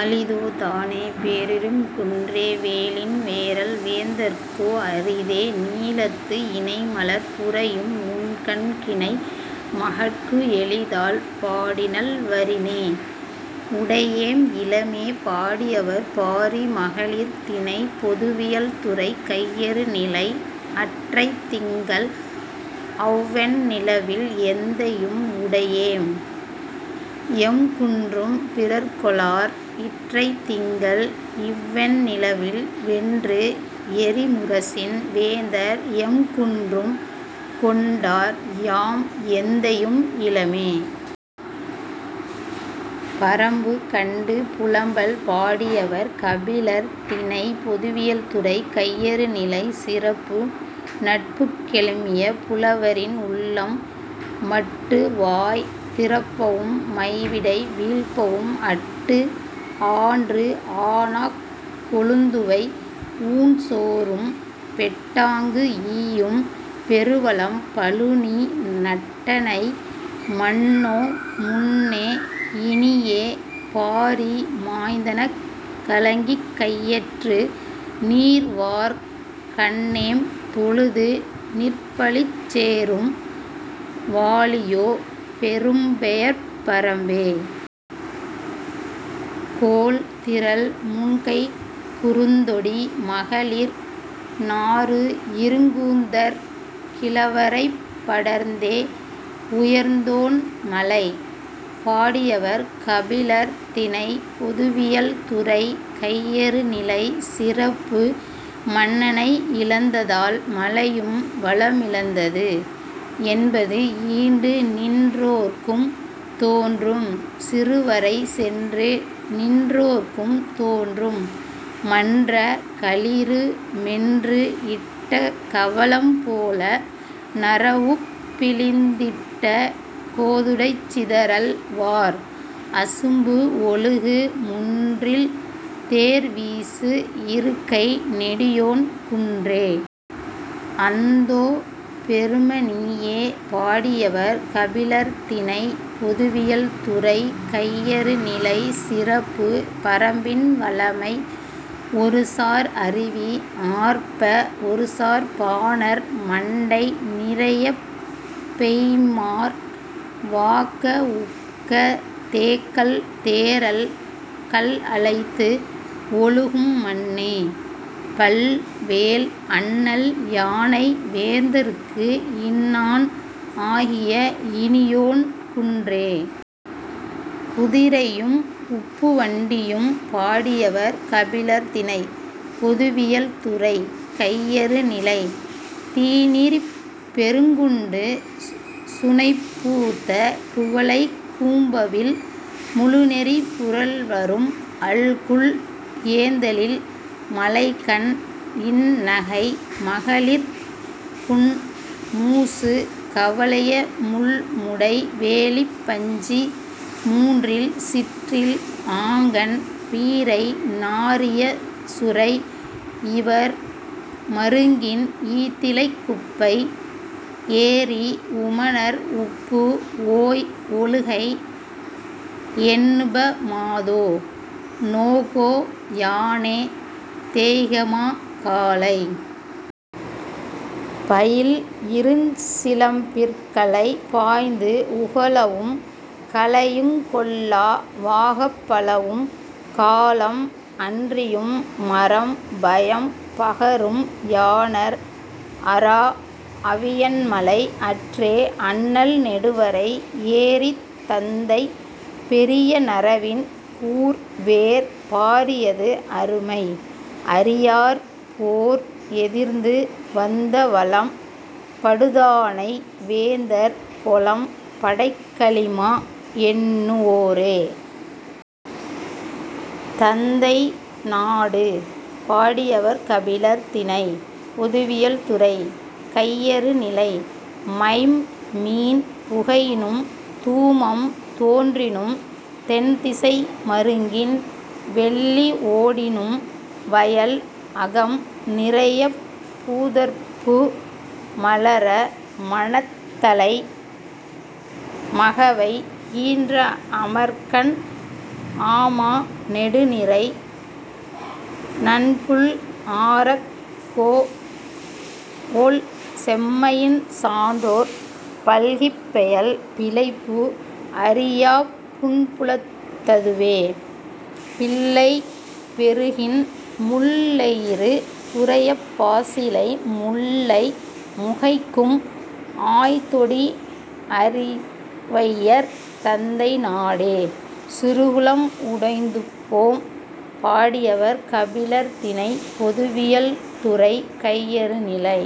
அளிதோ தானே, பேரிருங் குன்றே! வேலின் வேறல் வேந்தர்க்கோ அரிதே; நீலத்து, இணை மலர் புரையும் உண்கண் கிணை மகட்கு எளிதால், பாடினள் வரினே.. உடையேம் இலமே! பாடியவர்: பாரி மகளிர் திணை: பொதுவியல் துறை: கையறு நிலை அற்றைத் திங்கள் அவ் வெண் நிலவில், எந்தையும் உடையேம்; எம் குன்றும் பிறர் கொளார்; இற்றைத் திங்கள் இவ் வெண் நிலவில், வென்று எறி முரசின் வேந்தர் எம் குன்றும் கொண்டார்; யாம் எந்தையும் இலமே!. பறம்பு கண்டு புலம்பல்! பாடியவர்: கபிலர். திணை: பொதுவியல். துறை: கையறுநிலை. சிறப்பு: நட்புக் கெழுமிய புலவரின் உள்ளம். மட்டு வாய் திறப்பவும், மை விடை வீழ்ப்பவும், அட்டு ஆன்று ஆனாக் கொழுந் துவை ஊன் சோறும் பெட்டாங்கு ஈயும் பெருவளம் பழுனி, நட்டனை மன்னோ, முன்னே; இனியே, பாரி மாய்ந்தெனக், கலங்கிக் கையற்று, நீர் வார் கண்ணேம் தொழுது நிற் பழிச்சிச் சேறும் வாழியோ பெரும்பெயர்ப் பறம்பே! கோல் திரள் முன்கைக் குறுந் தொடி மகளிர் நாறு இருங் கூந்தற் கிழவரைப் படர்ந்தே.. உயர்ந்தோன் மலை! பாடியவர்: கபிலர் திணை: பொதுவியல் துறை: கையறுநிலை சிறப்பு: மன்னனை இழந்ததால் மலையும் வளமிழந்தது என்பது. ஈண்டு நின் றோர்க்கும் தோன்றும்; சிறு வரை சென்று நின் றோர்க்கும் தோன்றும், மன்ற; களிறு மென்று இட்ட கவளம் போல, நறவுப் பிழிந் திட்ட கோதுடைச் சிதறல் வார் அசும்பு ஒழுகு முன்றில், தேர் வீசு இருக்கை, நெடியோன் குன்றே.. அந்தோ பெரும நீயே! பாடியவர்: கபிலர் திணை: பொதுவியல் துறை: கையறுநிலை சிறப்பு: பறம்பின் வளமை. ஒரு சார் அருவி ஆர்ப்ப, ஒரு சார் பாணர் மண்டை நிறையப் பெய்ம்மார், வாக்க உக்க தேக் கள் தேறல் கல்அலைத்து ஒழுகும் மன்னே! பல் வேல், அண்ணல் யானை, வேந்தர்க்கு இன்னான் ஆகிய இனியோன் குன்றே!. குதிரையும் உப்புவண்டியும்! பாடியவர்: கபிலர் திணை: பொதுவியல் துறை: கையறுநிலை தீநீர்ப் பெருங் குண்டு சுனைப் பூத்த குவளைக் கூம்பவிழ் முழுநெறி புரள்வரும் அல்குல், ஏந்தெழில் மழைக் கண், இன் நகை, மகளிர் புன் மூசு கவலைய முள் முடை வேலிப், பஞ்சி முன்றில், சிற்றில் ஆங்கண், பீரை நாறிய சுரை இவர் மருங்கின், ஈத்திலைக் குப்பை ஏறி உமணர் உப்பு ஓய் ஒழுகை எண்ணுப மாதோ; நோகோ யானே; தேய்கமா காலை! பயில் இருஞ் சிலம்பிற் கலை பாய்ந்து உகளவும், கலையுங் கொள்ளா வாகப், பலவும் காலம் அன்றியும் மரம் பயம் பகரும் யாணர் அறாஅ வியன்மலை அற்றே அண்ணல் நெடுவரை ஏறித், தந்தை பெரிய நறவின், கூர் வேற் பாரியது அருமை அறியார் போர் எதிர்ந்து வந்த வலம் படுதானை வேந்தர் பொலம் படைக் கலிமா எண்ணு வோரே.. தந்தை நாடு! பாடியவர்: கபிலர் திணை: பொதுவியல் துறை: கையறுநிலை மைம் மீன் புகையினும், தூமம் தோன்றினும், தென் திசை மருங்கின் வெள்ளி ஓடினும், வயல்அகம் நிறையப், பூதற்பூ மலர, மனைத்தலை மகவை ஈன்ற அமர்க்கண் ஆமா நெடு நிறை நன்புல் ஆரக், கோஒல் செம்மையின் சான்றோர் பல்கிப், பெயல் பிழைப்பு அறியாப் புன்புலத் ததுவே; பிள்ளை வெருகின் முள் லெயிறு புரையப் பாசிலை முல்லை முகைக்கும் ஆய் தொடி அரிவையர் தந்தை நாடே.. சிறுகுளம் உடைந்துபோம்! பாடியவர்: கபிலர் திணை: பொதுவியல் துறை: கையறுநிலை